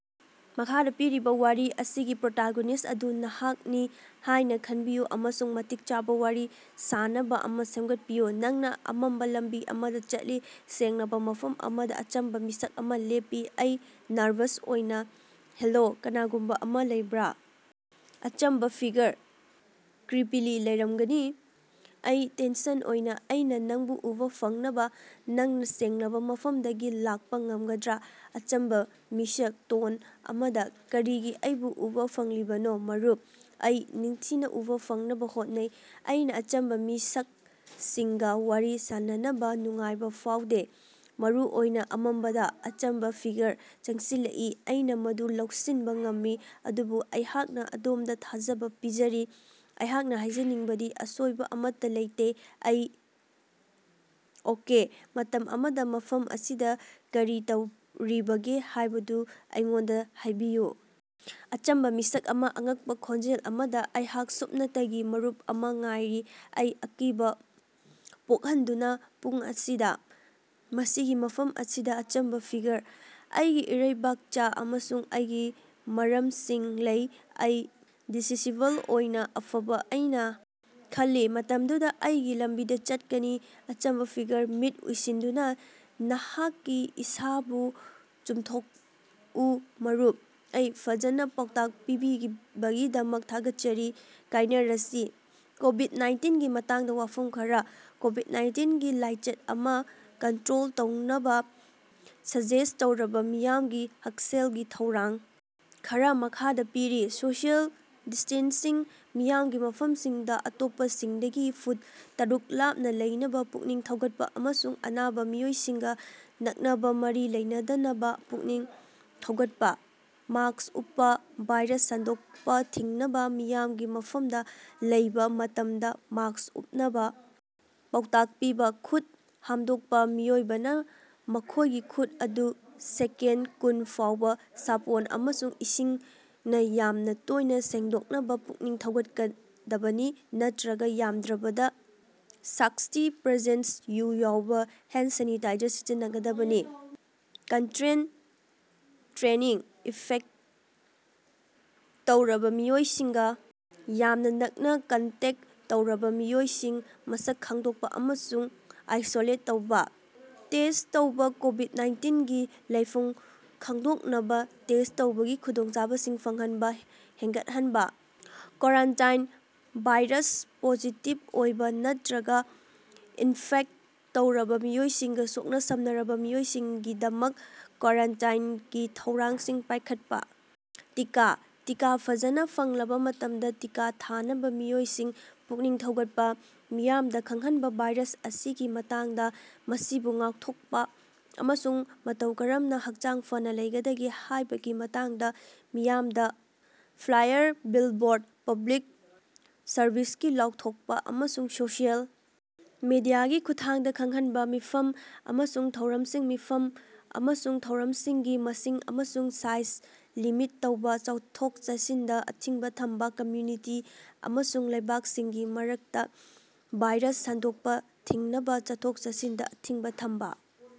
ꯃꯈꯥꯗ ꯄꯤꯔꯤꯕ ꯋꯥꯔꯤ ꯑꯁꯤꯒꯤ ꯄ꯭ꯔꯣꯇꯣꯒꯣꯅꯤꯁ꯭ꯠ ꯑꯗꯨ ꯅꯍꯥꯛꯅꯤ ꯍꯥꯏꯅ ꯈꯟꯕꯤꯌꯨ ꯑꯃꯁꯨꯡ ꯃꯇꯤꯛ ꯆꯥꯕ ꯋꯥꯔꯤ ꯁꯥꯅꯕ ꯑꯃ ꯁꯦꯝꯒꯠꯄꯤꯌꯨ꯫ ꯅꯪꯅ ꯑꯃꯝꯕ ꯂꯝꯕꯤ ꯑꯃꯗ ꯆꯠꯂꯤ꯫ ꯁꯦꯡꯂꯕ ꯃꯐꯝ ꯑꯃꯗ ꯑꯆꯝꯕ ꯃꯤꯁꯛ ꯑꯃ ꯂꯦꯞꯂꯤ꯫ ꯑꯩ (ꯅꯔꯚꯁ ꯑꯣꯏꯅ) -ꯍꯦꯂꯣ? ꯀꯅꯥꯒꯨꯝꯕ ꯑꯃ ꯂꯩꯕ꯭ꯔꯥ? ꯑꯆꯝꯕ ꯐꯤꯒꯔ: (ꯀ꯭ꯔꯤꯄꯤꯂꯤ) ꯂꯩꯔꯝꯒꯅꯤ꯫ ꯑꯩ (ꯇꯦꯟꯁꯟ ꯑꯣꯏꯅ) ꯑꯩꯅꯥ ꯅꯪꯕꯨ ꯎꯕ ꯐꯪꯅꯕ ꯅꯪꯅ ꯁꯦꯡꯂꯕ ꯃꯐꯝꯗꯒꯤ ꯂꯥꯛꯄ ꯉꯝꯒꯗ꯭ꯔꯥ? ꯑꯆꯝꯕ ꯃꯤꯁꯛ: ( ꯇꯣꯟ ꯑꯃꯗ) ꯀꯔꯤꯒꯤ ꯑꯩꯕꯨ ꯎꯕ ꯄꯥꯝꯂꯤꯕꯅꯣ, ꯃꯔꯨꯞ? ꯑꯩ (ꯅꯤꯡꯊꯤꯅ ꯎꯕꯥ ꯐꯪꯅꯕꯥ ꯍꯣꯠꯅꯩ) ꯑꯩꯅ ꯑꯆꯝꯕ ꯃꯤꯁꯛꯁꯤꯡꯒ ꯋꯥꯔꯤ ꯁꯥꯅꯕꯗ ꯅꯨꯡꯉꯥꯏꯕ ꯐꯥꯎꯗꯦ, ꯃꯔꯨ ꯑꯣꯏꯅ ꯑꯃꯝꯕꯗ꯫ ꯑꯆꯝꯕ ꯐꯤꯒꯔ: (ꯆꯪꯁꯤꯜꯂꯛꯏ) ꯑꯩꯅ ꯃꯗꯨ ꯂꯧꯁꯤꯟꯕ ꯉꯝꯃꯤ꯫ ꯑꯗꯨꯕꯨ ꯑꯩꯍꯥꯛꯅꯥ ꯑꯗꯣꯝꯗ ꯊꯥꯖꯕ ꯄꯤꯖꯔꯤ, ꯑꯩꯍꯥꯛꯅ ꯍꯥꯏꯖꯅꯤꯡꯕꯗꯤ ꯑꯁꯣꯏꯕ ꯑꯃꯠꯇꯥ ꯂꯩꯇꯦ꯫ ꯑꯩ: ꯑꯣꯀꯦ꯫ ꯃꯇꯝ ꯑꯗꯨꯗꯥ ꯃꯐꯝ ꯑꯁꯤꯗ ꯀꯔꯤ ꯇꯧꯔꯤꯕꯒꯦ ꯍꯥꯏꯕꯗꯨ ꯑꯩꯉꯣꯟꯗ ꯍꯥꯏꯕꯤꯌꯨ? ꯑꯆꯝꯕ ꯃꯤꯁꯛ ꯑꯃ (ꯑꯉꯛꯄ ꯈꯣꯟꯖꯦꯜ ꯑꯃꯗ) ꯑꯩꯍꯥꯛ ꯁꯨꯞꯅꯇꯒꯤ ꯃꯔꯨꯞ ꯑꯃ ꯉꯥꯏꯔꯤ꯫ ꯑꯩ (ꯑꯀꯤꯕꯥ ꯄꯣꯛꯍꯟꯗꯨꯅꯥ) ꯄꯨꯡ ꯑꯁꯤꯗ? ꯃꯁꯤꯒꯤ ꯃꯐꯝ ꯑꯁꯤꯗ? ꯑꯆꯝꯕ ꯐꯤꯒꯔ: ꯑꯩꯒꯤ ꯏꯔꯩꯕꯥꯛꯆ ꯑꯃꯁꯨꯡ ꯑꯩꯒꯤ ꯃꯔꯝꯁꯤꯡ ꯂꯩ꯫ ꯑꯩ (ꯗꯤꯁꯤꯁꯤꯕꯜ ꯑꯣꯏꯅꯥ) ꯑꯐꯕ, ꯑꯩꯅ ꯈꯜꯂꯤ ꯃꯇꯝꯗꯨꯗ ꯑꯩꯒꯤ ꯂꯝꯕꯤꯗ ꯆꯠꯀꯅꯤ꯫ ꯑꯆꯝꯕꯥ ꯐꯤꯒꯔ: (ꯃꯤꯠ ꯎꯏꯁꯤꯟꯗꯨꯅꯥ) ꯅꯍꯥꯛꯀꯤ ꯏꯁꯥꯕꯨ ꯆꯨꯝꯊꯣꯛꯎ, ꯃꯔꯨꯞ꯫ ꯑꯩ: (ꯐꯖꯅꯥ) ꯄꯥꯎꯇꯥꯛ ꯄꯤꯕꯤꯕꯒꯤꯗꯃꯛ ꯊꯥꯒꯠꯆꯔꯤ꯫ ꯀꯥꯏꯅꯔꯁꯤ꯫ ꯀꯣꯕꯤꯗ-ꯅꯥꯏꯟꯇꯤꯟꯒꯤ ꯃꯇꯥꯡꯗ ꯋꯥꯐꯝ ꯈꯔ꯫ ꯀꯣꯕꯤꯗ-ꯅꯥꯏꯟꯇꯤꯟꯒꯤ ꯂꯥꯏꯆꯠ ꯑꯃ ꯀꯟꯇ꯭ꯔꯣꯜ ꯇꯧꯅꯕ ꯁꯖꯦꯁ꯭ꯠ ꯇꯧꯔꯕ ꯃꯤꯌꯥꯝꯒꯤ ꯍꯛꯁꯦꯜꯒꯤ ꯊꯧꯔꯥꯡ ꯈꯔ ꯃꯈꯥꯗꯥ ꯄꯤꯔꯤ: ꯁꯣꯁꯤꯑꯦꯜ ꯗꯤꯁ꯭ꯇꯦꯟꯁꯤꯡ: ꯃꯤꯌꯥꯝꯒꯤ ꯃꯐꯝꯁꯤꯡꯗ ꯑꯇꯣꯞꯄꯁꯤꯡꯗꯒꯤ ꯐꯨꯠ ꯇꯔꯨꯛ ꯂꯥꯞꯅ ꯂꯩꯅꯕ ꯄꯨꯛꯅꯤꯡ ꯊꯧꯒꯠꯄ ꯑꯃꯁꯨꯡ ꯑꯅꯥꯕ ꯃꯤꯑꯣꯏꯁꯤꯡꯒ ꯅꯛꯅꯕ ꯃꯔꯤ ꯂꯩꯅꯗꯅꯕ ꯄꯨꯛꯅꯤꯡ ꯊꯧꯒꯠꯄ꯫ ꯃꯥꯁ꯭ꯛ ꯎꯞꯄꯥ: ꯚꯥꯏꯔꯁ ꯁꯟꯗꯣꯔꯛꯄꯥ ꯊꯤꯡꯅꯕ ꯃꯤꯌꯥꯝꯒꯤ ꯃꯐꯝꯗꯥ ꯂꯩꯕ ꯃꯇꯝꯗ ꯃꯥꯁ꯭ꯛ ꯎꯞꯅꯕ ꯄꯥꯎꯇꯥꯛ ꯄꯤꯕ꯫ ꯈꯨꯠ ꯍꯥꯝꯗꯣꯛꯄ: ꯃꯤꯑꯣꯏꯕꯅ ꯃꯈꯣꯏꯒꯤ ꯈꯨꯠ ꯑꯗꯨ ꯁꯦꯀꯦꯟꯗ ꯀꯨꯟ ꯐꯥꯎꯕꯥ ꯁꯥꯄꯣꯟ ꯑꯃꯁꯨꯡ ꯏꯁꯤꯡꯅ ꯌꯥꯝꯅ ꯇꯣꯏꯅ ꯁꯦꯡꯗꯣꯛꯅꯕ ꯄꯨꯛꯅꯤꯡ ꯊꯧꯒꯠꯀꯗꯕꯅꯤ, ꯅꯠꯇ꯭ꯔꯒ ꯌꯥꯝꯗ꯭ꯔꯕꯗ ꯁꯥꯛꯁꯇꯤ ꯄꯥꯔꯁꯦꯟꯇ ꯌꯨ ꯌꯥꯎꯕ ꯍꯦꯟꯗ ꯁꯦꯅꯤꯇꯥꯏꯖꯔ ꯁꯤꯖꯤꯟꯅꯒꯗꯕꯅꯤ꯫ ꯀꯟꯇꯦꯛꯇ ꯇ꯭ꯔꯦꯁꯤꯡ: ꯏꯅꯐꯦꯛꯇ ꯇꯧꯔꯕ ꯃꯤꯑꯣꯏꯁꯤꯡꯒ ꯌꯥꯝꯅ ꯅꯛꯅ ꯀꯟꯇꯦꯛꯇ ꯇꯧꯔꯕ ꯃꯤꯑꯣꯏꯁꯤꯡ ꯃꯁꯛ ꯈꯪꯗꯣꯛꯄ ꯑꯃꯁꯨꯡ ꯑꯥꯏꯁꯣꯂꯦꯠ ꯇꯧꯕ꯫ ꯇꯦꯁ꯭ꯠ ꯇꯧꯕ ꯀꯣꯕꯤꯗ-ꯅꯥꯏꯟꯇꯤꯟꯒꯤ ꯂꯩꯐꯝ ꯈꯪꯗꯣꯛꯅꯕ ꯇꯦꯁ꯭ꯠ ꯇꯧꯕꯒꯤ ꯈꯨꯗꯣꯡꯆꯥꯕꯁꯤꯡ ꯐꯪꯍꯟꯕ ꯍꯦꯟꯒꯠꯍꯟꯕ꯫ ꯀ꯭ꯋꯥꯔꯦꯟꯇꯥꯏꯟ ꯚꯥꯏꯔꯁ ꯄꯣꯖꯤꯇꯤꯕ ꯑꯣꯏꯕ ꯅꯠꯇ꯭ꯔꯒ ꯏꯟꯐꯦꯛꯇ ꯇꯧꯔꯕ ꯃꯤꯑꯣꯏꯁꯤꯡꯒ ꯁꯣꯛꯅ-ꯁꯝꯅꯔꯕ ꯃꯤꯑꯣꯏꯁꯤꯡꯒꯤꯗꯃꯛ ꯀ꯭ꯋꯥꯔꯦꯟꯇꯥꯏꯟꯒꯤ ꯊꯧꯔꯥꯡꯁꯤꯡ ꯄꯥꯏꯈꯠꯄ꯫ ꯇꯤꯀꯥ: ꯇꯤꯀꯥ ꯐꯖꯅ ꯐꯪꯂꯕ ꯃꯇꯝꯗꯥ ꯇꯤꯀꯥ ꯊꯥꯅꯕ ꯃꯤꯑꯣꯏꯁꯤꯡ ꯄꯨꯛꯅꯤꯡ ꯊꯧꯒꯠꯄ꯫ ꯃꯤꯌꯥꯃꯗ ꯈꯪꯍꯟꯕ ꯚꯥꯏꯔꯁ ꯑꯁꯤꯒꯤ ꯃꯇꯥꯡꯗ, ꯃꯁꯤꯕꯨ ꯉꯥꯛꯊꯣꯛꯄ, ꯑꯃꯁꯨꯡ ꯃꯇꯧ ꯀꯔꯝꯅꯥ ꯍꯛꯆꯥꯡ ꯐꯅ ꯂꯩꯒꯗꯒꯦ ꯍꯥꯏꯕꯒꯤ ꯃꯇꯥꯡꯗ ꯃꯤꯌꯥꯝꯗ ꯐ꯭ꯂꯥꯏꯌꯥꯔ, ꯕꯤꯜꯕꯣꯔꯗ, ꯄꯕ꯭ꯂꯤꯛ ꯁꯔꯕꯤꯁꯀꯤ ꯂꯥꯎꯊꯣꯛꯄ, ꯑꯃꯁꯨꯡ ꯁꯣꯁꯤꯑꯦꯜ ꯃꯤꯗꯤꯌꯥꯒꯤ ꯈꯨꯠꯊꯥꯡꯗꯥ ꯈꯪꯍꯟꯕ꯫ ꯃꯤꯐꯝ ꯑꯃꯁꯨꯡ ꯊꯧꯔꯝꯁꯤꯡ ꯃꯤꯐꯝ ꯑꯃꯁꯨꯡ ꯊꯧꯔꯝꯁꯤꯡꯒꯤ ꯃꯁꯤꯡ ꯑꯃꯁꯨꯡ ꯁꯥꯏꯖ ꯂꯤꯃꯤꯠ ꯇꯧꯕ꯫ ꯆꯠꯊꯣꯛ-ꯆꯠꯁꯤꯟꯗ ꯑꯊꯤꯡꯕ ꯊꯝꯕ ꯀꯝꯃ꯭ꯌꯨꯅꯤꯇꯤ ꯑꯃꯁꯨꯡ ꯂꯩꯕꯥꯛꯁꯤꯡꯒꯤ ꯃꯔꯛꯇ ꯚꯥꯏꯔꯁ ꯁꯟꯗꯣꯛꯄ ꯊꯤꯡꯅꯕ ꯆꯠꯊꯣꯛ-ꯆꯠꯁꯤꯟꯗ ꯑꯊꯤꯡꯕ ꯊꯝꯕ꯫